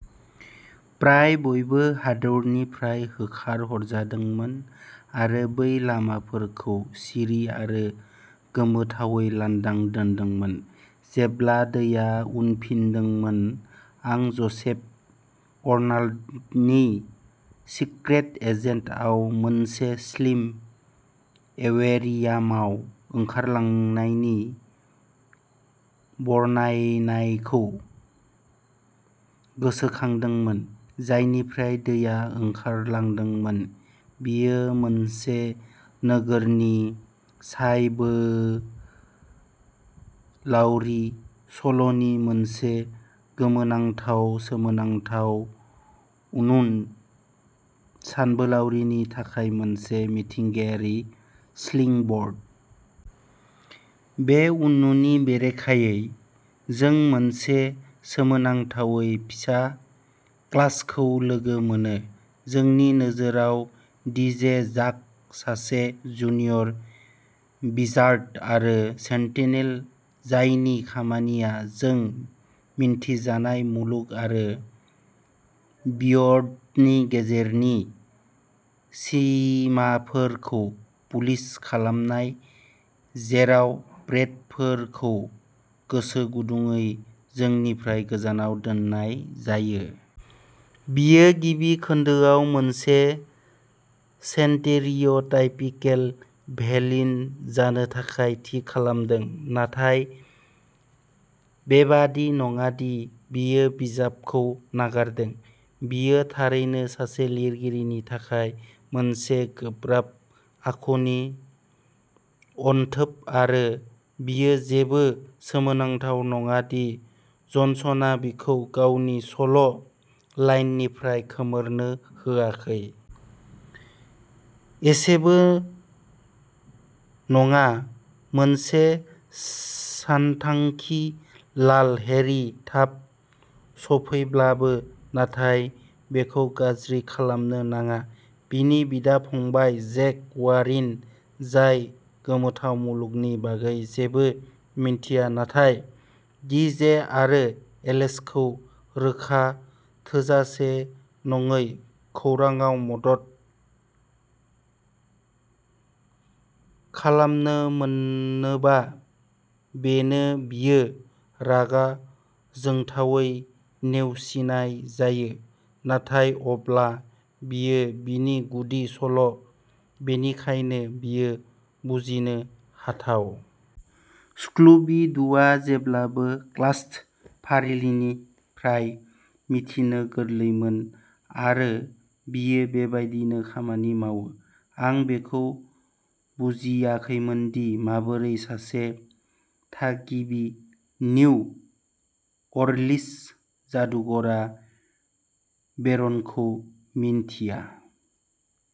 फ्राय बयबो हादोरनिफ्राय होखारहरजादोंमोन आरो बै लामाफोरखौ सिरि आरो गोमोथावै लांदां दोनदोंमोन। जेब्ला दैया उनफिनदोंमोन, आं ज'सेफ कनराड'नि'दि सिक्रेट एजेन्ट'आव' मोनसे स्लिम एक्वेरियामाव ओंखारलांनायनि बरनायनायखौ गोसोखांदोंमोन, जायनिफ्राय दैया खारलांदोंमोन। बेयो मोनसे नोगोरारि सानबोलावरि सल'नि मोनसे सोमोनांथाव सोमोनांथाव उननु, सानबोलावरिनि थाखाय मोनसे मिथिंगायारि स्प्रिंबर्ड। बे उननुनि बेरेखायै, जों मोनसे सोमोनांथावै फिसा कास्टखौ लोगो मोनो। जोंनि नोजोरआ डीजे जाक ', सासे जुनियर विजार्ड आरो सेन्तिनेल, जायनि खामानिया जों मिन्थिजानाय मुलुग आरो बियन्डनि गेजेरनि सिमाफोरखौ पुलिस खालामनाय, जेराव प्रेटफोर खौ गोसोगुदुंयै जोंनिफ्राय गोजानाव दोननाय जायो। बियो गिबि खोन्दोआव मोनसे स्टेरिअ'टाइपिकेल भिलेन जानो थाखाय थि खालामजादों, नाथाय बेबादि नङा दि बियो बिजाबखौ नागारदों; बियो थारैनो सासे लिरगिरिनि थाखाय मोनसे गोब्राब आखुनि अनथोब आरो बेयो जेबो सोमोनांथाव नङा दि जनसनआ बिखौ गावनि सल' लाइननिफ्राय गोमोरनो होआखै। एसेबो नङा, मोनसे सानथांखि लाल हेरिं थाब सौफैब्लाबो, नाथाय बेखौ गाज्रि खालामनो नाङा। बिनि बिदा-फंबाय, जेक वारिन, जाय गोमोथाव मुलुगनि बागै जेबो मिथिया नाथाय डि जे आरो एलेक्सखौ रोखा थोजासे नङै खौरांआव मदद खालामो मानोना बेनो बियो, रागा जोंथावै नेवसिनाय जायो, नाथाय अब्ला बेयो बिनि गुदि सल बेनिखायनो बेयो बुजिनो हाथाव। स्कूबी डू'आ जेब्लाबो कास्ट फारिलाइनिफ्रायल' मिथिनो गोरलैमोन आरो बेयो बेबायदिनो खामानि मावो। आं बेखौ बुजियाखैमोनदि माबोरै सासे थागिबि निउ अरलिन्स जादुगरआ बेरनखौ मिन्थिया।